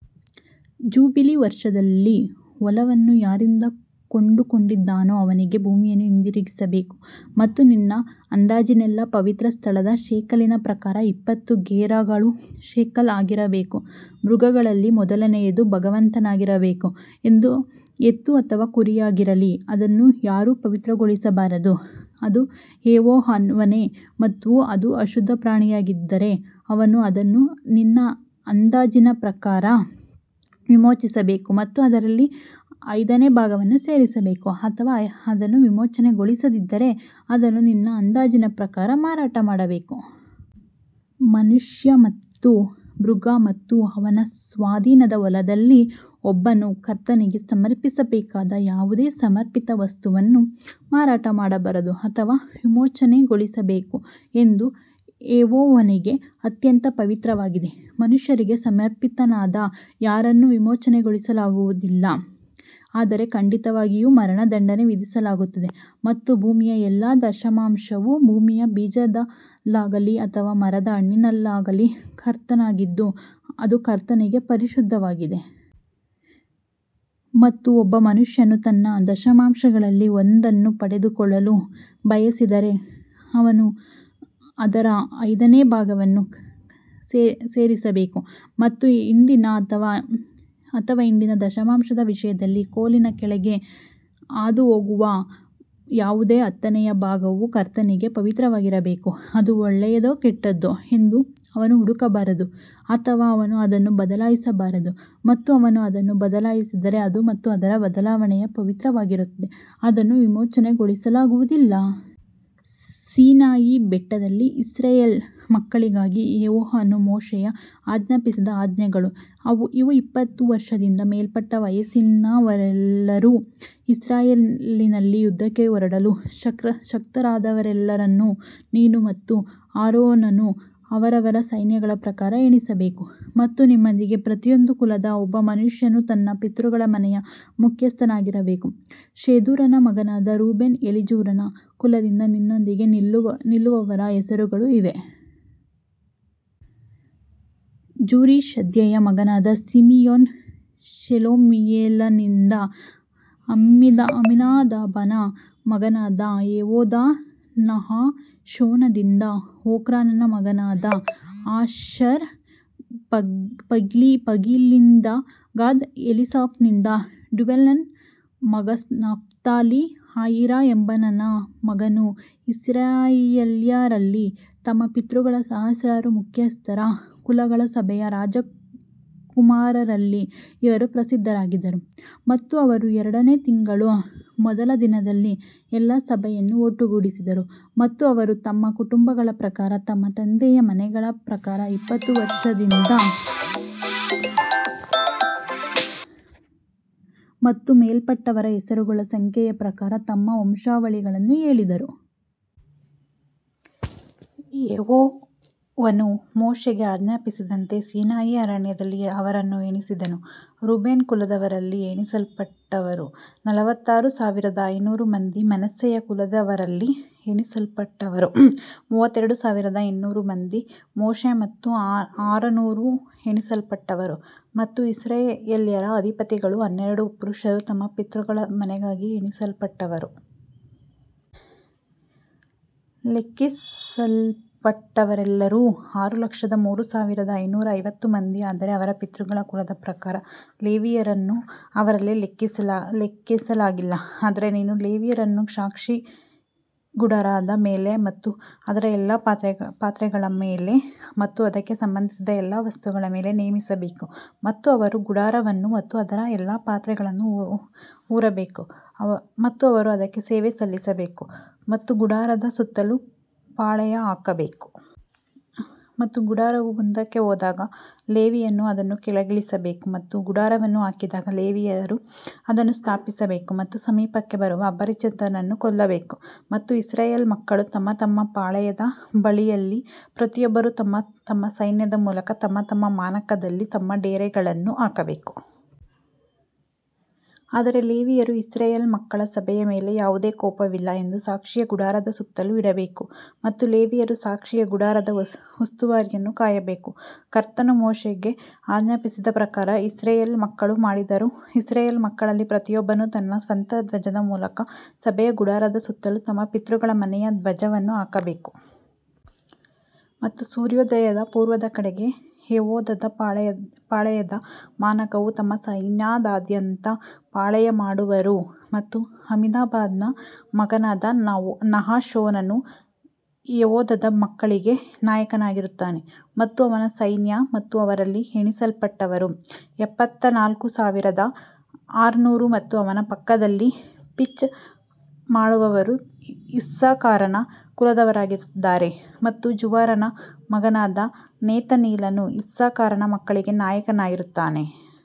Jubilee ವರ್ಷದಲ್ಲಿ ಹೊಲವನ್ನು ಯಾರಿಂದ ಕೊಂಡುಕೊಂಡಿದ್ದಾನೋ ಅವನಿಗೇ ಭೂಮಿಯನ್ನು ಹಿಂದಿರುಗಿಸಬೇಕು. ಮತ್ತು ನಿನ್ನ ಅಂದಾಜಿನೆಲ್ಲಾ ಪವಿತ್ರಸ್ಥಳದ ಶೇಕೆಲಿನ ಪ್ರಕಾರ ಇಪ್ಪತ್ತು ಗೆರಾಗಳು ಶೇಕೆಲ್ ಆಗಿರಬೇಕು. ಮೃಗಗಳಲ್ಲಿ ಮೊದಲನೆಯದು ಭಗವಂತನಾಗಿರಬೇಕು ಅದು ಎತ್ತು ಅಥವಾ ಕುರಿಯಾಗಿರಲಿ ಅದನ್ನು ಯಾರೂ ಪವಿತ್ರಗೊಳಿಸಬಾರದು ಅದು ಯೆಹೋವನೇ. ಮತ್ತು ಅದು ಅಶುದ್ಧ ಪ್ರಾಣಿಯಾಗಿದ್ದರೆ ಅವನು ಅದನ್ನು ನಿನ್ನ ಅಂದಾಜಿನ ಪ್ರಕಾರ ವಿಮೋಚಿಸಬೇಕು ಮತ್ತು ಅದರಲ್ಲಿ ಐದನೇ ಭಾಗವನ್ನು ಸೇರಿಸಬೇಕು ಅಥವಾ ಅದನ್ನು ವಿಮೋಚನೆಗೊಳಿಸದಿದ್ದರೆ ಅದನ್ನು ನಿನ್ನ ಅಂದಾಜಿನ ಪ್ರಕಾರ ಮಾರಾಟ ಮಾಡಬೇಕು. ಮನುಷ್ಯ ಮತ್ತು ಮೃಗ ಮತ್ತು ಅವನ ಸ್ವಾಧೀನದ ಹೊಲದಲ್ಲಿ ಒಬ್ಬನು ಕರ್ತನಿಗೆ ಸಮರ್ಪಿಸಬೇಕಾದ ಯಾವುದೇ ಸಮರ್ಪಿತ ವಸ್ತುವನ್ನು ಮಾರಾಟ ಮಾಡಬಾರದು ಅಥವಾ ವಿಮೋಚನೆಗೊಳಿಸಬೇಕು ಅದು ಯೆಹೋವನಿಗೆ ಅತ್ಯಂತ ಪವಿತ್ರವಾಗಿದೆ. ಮನುಷ್ಯರಿಗೆ ಸಮರ್ಪಿತನಾದ ಯಾರನ್ನೂ ವಿಮೋಚನೆಗೊಳಿಸಲಾಗುವುದಿಲ್ಲ ಆದರೆ ಖಂಡಿತವಾಗಿಯೂ ಮರಣದಂಡನೆ ವಿಧಿಸಲಾಗುತ್ತದೆ ಮತ್ತು ಭೂಮಿಯ ಎಲ್ಲಾ ದಶಮಾಂಶವು ಭೂಮಿಯ ಬೀಜದಲ್ಲಾಗಲಿ ಅಥವಾ ಮರದ ಹಣ್ಣಿನಲ್ಲಾಗಲಿ ಕರ್ತನಾಗಿದ್ದು ಅದು ಕರ್ತನಿಗೆ ಪರಿಶುದ್ಧವಾಗಿದೆ. ಮತ್ತು ಒಬ್ಬ ಮನುಷ್ಯನು ತನ್ನ ದಶಮಾಂಶಗಳಲ್ಲಿ ಒಂದನ್ನು ಪಡೆದುಕೊಳ್ಳಲು ಬಯಸಿದರೆ ಅವನು ಅದರ ಐದನೇ ಭಾಗವನ್ನು ಸೇರಿಸಬೇಕು. ಮತ್ತು ಹಿಂಡಿನ ಅಥವಾ ಹಿಂಡಿನ ದಶಮಾಂಶದ ವಿಷಯದಲ್ಲಿ, ಕೋಲಿನ ಕೆಳಗೆ ಹಾದುಹೋಗುವ ಯಾವುದೇ ಹತ್ತನೆಯ ಭಾಗವು ಕರ್ತನಿಗೆ ಪವಿತ್ರವಾಗಿರಬೇಕು. ಅದು ಒಳ್ಳೆಯದೋ ಕೆಟ್ಟದ್ದೋ ಎಂದು ಅವನು ಹುಡುಕಬಾರದು ಅಥವಾ ಅವನು ಅದನ್ನು ಬದಲಾಯಿಸಬಾರದು ಮತ್ತು ಅವನು ಅದನ್ನು ಬದಲಾಯಿಸಿದರೆ ಅದು ಮತ್ತು ಅದರ ಬದಲಾವಣೆಯು ಪವಿತ್ರವಾಗಿರುತ್ತದೆ ಅದನ್ನು ವಿಮೋಚನೆಗೊಳಿಸಲಾಗುವುದಿಲ್ಲ. ಸೀನಾಯಿ ಬೆಟ್ಟದಲ್ಲಿ ಇಸ್ರಾಯೇಲ್ ಮಕ್ಕಳಿಗಾಗಿ ಯೆಹೋವನು ಮೋಶೆಗೆ ಆಜ್ಞಾಪಿಸಿದ ಆಜ್ಞೆಗಳು ಇವು ಇಪ್ಪತ್ತು ವರ್ಷದಿಂದ ಮೇಲ್ಪಟ್ಟ ವಯಸ್ಸಿನವರೆಲ್ಲರೂ ಇಸ್ರಾಯೇಲಿನಲ್ಲಿ ಯುದ್ಧಕ್ಕೆ ಹೊರಡಲು ಶಕ್ತರಾದವರೆಲ್ಲರನ್ನು ನೀನು ಮತ್ತು ಆರೋನನು ಅವರವರ ಸೈನ್ಯಗಳ ಪ್ರಕಾರ ಎಣಿಸಬೇಕು. ಮತ್ತು ನಿಮ್ಮೊಂದಿಗೆ ಪ್ರತಿಯೊಂದು ಕುಲದ ಒಬ್ಬ ಮನುಷ್ಯನು ತನ್ನ ಪಿತೃಗಳ ಮನೆಯ ಮುಖ್ಯಸ್ಥನಾಗಿರಬೇಕು ಶೆದೂರನ ಮಗನಾದ ರೂಬೇನ್ ಎಲೀಜೂರನ ಕುಲದಿಂದ ನಿನ್ನೊಂದಿಗೆ ನಿಲ್ಲುವವರ ಹೆಸರುಗಳು ಇವೇ. ಜುರಿಶದ್ದೈಯ ಮಗನಾದ ಸಿಮಿಯೋನ್ ಶೆಲುಮಿಯೇಲನಿಂದ ಅಮ್ಮಿನದಾಬನ ಮಗನಾದ ಯೆಹೂದ ನಹಶೋನನಿಂದ ಓಕ್ರಾನನ ಮಗನಾದ ಆಶರ್ ಪಗೀಲ್ನಿಂದ ಗಾದ್ ಎಲೀಸಾಫನಿಂದ ಡ್ಯೂವೇಲನ ಮಗ ನಫ್ತಾಲಿ ಅಹೀರ ಎಂಬಾನನ ಮಗನು ಇಸ್ರಾಯೇಲ್ಯರಲ್ಲಿ ತಮ್ಮ ಪಿತೃಗಳ ಸಹಸ್ರಾರು ಮುಖ್ಯಸ್ಥರ ಕುಲಗಳ ಸಭೆಯ ರಾಜಕುಮಾರರಲ್ಲಿ ಇವರು ಪ್ರಸಿದ್ಧರಾಗಿದ್ದರು. ಮತ್ತು ಅವರು ಎರಡನೇ ತಿಂಗಳ ಮೊದಲ ದಿನದಲ್ಲಿ ಎಲ್ಲಾ ಸಭೆಯನ್ನು ಒಟ್ಟುಗೂಡಿಸಿದರು ಮತ್ತು ಅವರು ತಮ್ಮ ಕುಟುಂಬಗಳ ಪ್ರಕಾರ ತಮ್ಮ ತಂದೆಯ ಮನೆಗಳ ಪ್ರಕಾರ ಇಪ್ಪತ್ತು ವರ್ಷದಿಂದ ಮತ್ತು ಮೇಲ್ಪಟ್ಟವರ ಹೆಸರುಗಳ ಸಂಖ್ಯೆಯ ಪ್ರಕಾರ ತಮ್ಮ ವಂಶಾವಳಿಗಳನ್ನು ಹೇಳಿದರು. ಯೆಹೋವನು ಮೋಶೆಗೆ ಆಜ್ಞಾಪಿಸಿದಂತೆ ಸೀನಾಯಿ ಅರಣ್ಯದಲ್ಲಿ ಅವರನ್ನು ಎಣಿಸಿದನು ರೂಬೇನ್ ಕುಲದವರಲ್ಲಿ ಎಣಿಸಲ್ಪಟ್ಟವರು ನಲವತ್ತಾರು ಸಾವಿರದ ಐನೂರು ಮಂದಿ ಮನಸ್ಸೆಯ ಕುಲದವರಲ್ಲಿ ಎಣಿಸಲ್ಪಟ್ಟವರು ಮೂವತ್ತೆರಡು ಸಾವಿರದ ಇನ್ನೂರು ಮಂದಿ ಮೋಶೆ ಮತ್ತು ಆರೋನರು ಎಣಿಸಲ್ಪಟ್ಟವರು ಮತ್ತು ಇಸ್ರಾಯೇಲ್ಯರ ಅಧಿಪತಿಗಳು ಹನ್ನೆರಡು ಪುರುಷರು ತಮ್ಮ ಪಿತೃಗಳ ಮನೆಗಾಗಿ ಎಣಿಸಲ್ಪಟ್ಟವರು. ಲೆಕ್ಕಿಸಲ್ಪಟ್ಟವರೆಲ್ಲರೂ ಆರು ಲಕ್ಷದ ಮೂರು ಸಾವಿರದ ಐನೂರ ಐವತ್ತು ಮಂದಿ ಆದರೆ ಅವರ ಪಿತೃಗಳ ಕುಲದ ಪ್ರಕಾರ ಲೇವಿಯರನ್ನು ಅವರಲ್ಲಿ ಲೆಕ್ಕಿಸಲಾಗಿಲ್ಲ ಆದರೆ ನೀನು ಲೇವಿಯರನ್ನು ಸಾಕ್ಷಿಗುಡಾರದ ಮೇಲೆ ಮತ್ತು ಅದರ ಎಲ್ಲಾ ಪಾತ್ರೆಗಳ ಮೇಲೆ ಮತ್ತು ಅದಕ್ಕೆ ಸಂಬಂಧಿಸಿದ ಎಲ್ಲಾ ವಸ್ತುಗಳ ಮೇಲೆ ನೇಮಿಸಬೇಕು ಮತ್ತು ಅವರು ಗುಡಾರವನ್ನು ಮತ್ತು ಅದರ ಎಲ್ಲಾ ಪಾತ್ರೆಗಳನ್ನು ಹೊರಬೇಕು ಮತ್ತು ಅವರು ಅದಕ್ಕೆ ಸೇವೆ ಸಲ್ಲಿಸಬೇಕು ಮತ್ತು ಗುಡಾರದ ಸುತ್ತಲೂ ಪಾಳೆಯ ಹಾಕಬೇಕು. ಮತ್ತು ಗುಡಾರವು ಮುಂದಕ್ಕೆ ಹೋದಾಗ ಲೇವಿಯರು ಅದನ್ನು ಕೆಳಗಿಳಿಸಬೇಕು ಮತ್ತು ಗುಡಾರವನ್ನು ಹಾಕಿದಾಗ ಲೇವಿಯರು ಅದನ್ನು ಸ್ಥಾಪಿಸಬೇಕು ಮತ್ತು ಸಮೀಪಕ್ಕೆ ಬರುವ ಅಪರಿಚಿತನನ್ನು ಕೊಲ್ಲಬೇಕು. ಮತ್ತು ಇಸ್ರಾಯೇಲ್ ಮಕ್ಕಳು ತಮ್ಮ ತಮ್ಮ ಪಾಳೆಯದ ಬಳಿಯಲ್ಲಿ ಪ್ರತಿಯೊಬ್ಬರು ತಮ್ಮ ತಮ್ಮ ಸೈನ್ಯದ ಮೂಲಕ ತಮ್ಮ ತಮ್ಮ ಮಾನಕದಲ್ಲಿ ತಮ್ಮ ಡೇರೆಗಳನ್ನು ಹಾಕಬೇಕು. ಆದರೆ ಲೇವಿಯರು ಇಸ್ರಾಯೇಲ್ ಮಕ್ಕಳ ಸಭೆಯ ಮೇಲೆ ಯಾವುದೇ ಕೋಪವಿಲ್ಲ ಎಂದು ಸಾಕ್ಷಿಯ ಗುಡಾರದ ಸುತ್ತಲೂ ಇಡಬೇಕು ಮತ್ತು ಲೇವಿಯರು ಸಾಕ್ಷಿಯ ಗುಡಾರದ ಉಸ್ತುವಾರಿಯನ್ನು ಕಾಯಬೇಕು. ಕರ್ತನು ಮೋಶೆಗೆ ಆಜ್ಞಾಪಿಸಿದ ಪ್ರಕಾರ ಇಸ್ರಾಯೇಲ್ ಮಕ್ಕಳು ಮಾಡಿದರು ಇಸ್ರಾಯೇಲ್ ಮಕ್ಕಳಲ್ಲಿ ಪ್ರತಿಯೊಬ್ಬನು ತನ್ನ ಸ್ವಂತ ಧ್ವಜದ ಮೂಲಕ ಸಭೆಯ ಗುಡಾರದ ಸುತ್ತಲೂ ತಮ್ಮ ಪಿತೃಗಳ ಮನೆಯ ಧ್ವಜವನ್ನು ಹಾಕಬೇಕು. ಮತ್ತು ಸೂರ್ಯೋದಯದ ಪೂರ್ವದ ಕಡೆಗೆ ಯೆಹೂದದ ಪಾಳೆಯದ ಮಾನಕವು ತಮ್ಮ ಸೈನ್ಯದಾದ್ಯಂತ ಪಾಳೆಯಮಾಡುವರು ಮತ್ತು ಅಮ್ಮಿನದಾಬನ ಮಗನಾದ ನಹಶೋನನು ಯೆಹೂದದ ಮಕ್ಕಳಿಗೆ ನಾಯಕನಾಗಿರುತ್ತಾನೆ. ಮತ್ತು ಅವನ ಸೈನ್ಯ ಮತ್ತು ಅವರಲ್ಲಿ ಎಣಿಸಲ್ಪಟ್ಟವರು ಎಪ್ಪತ್ತನಾಲ್ಕು ಸಾವಿರದ ಆರುನೂರು ಮತ್ತು ಅವನ ಪಕ್ಕದಲ್ಲಿ ಪಿಚ್ ಮಾಡುವವರು ಇಸ್ಸಾಕಾರನ ಕುಲದವರಾಗಿದ್ದಾರೆ ಮತ್ತು ಜುವಾರನ ಮಗನಾದ ನೆತನೀಲನು ಇಸ್ಸಾಕಾರನ ಮಕ್ಕಳಿಗೆ ನಾಯಕನಾಗಿರುತ್ತಾನೆ.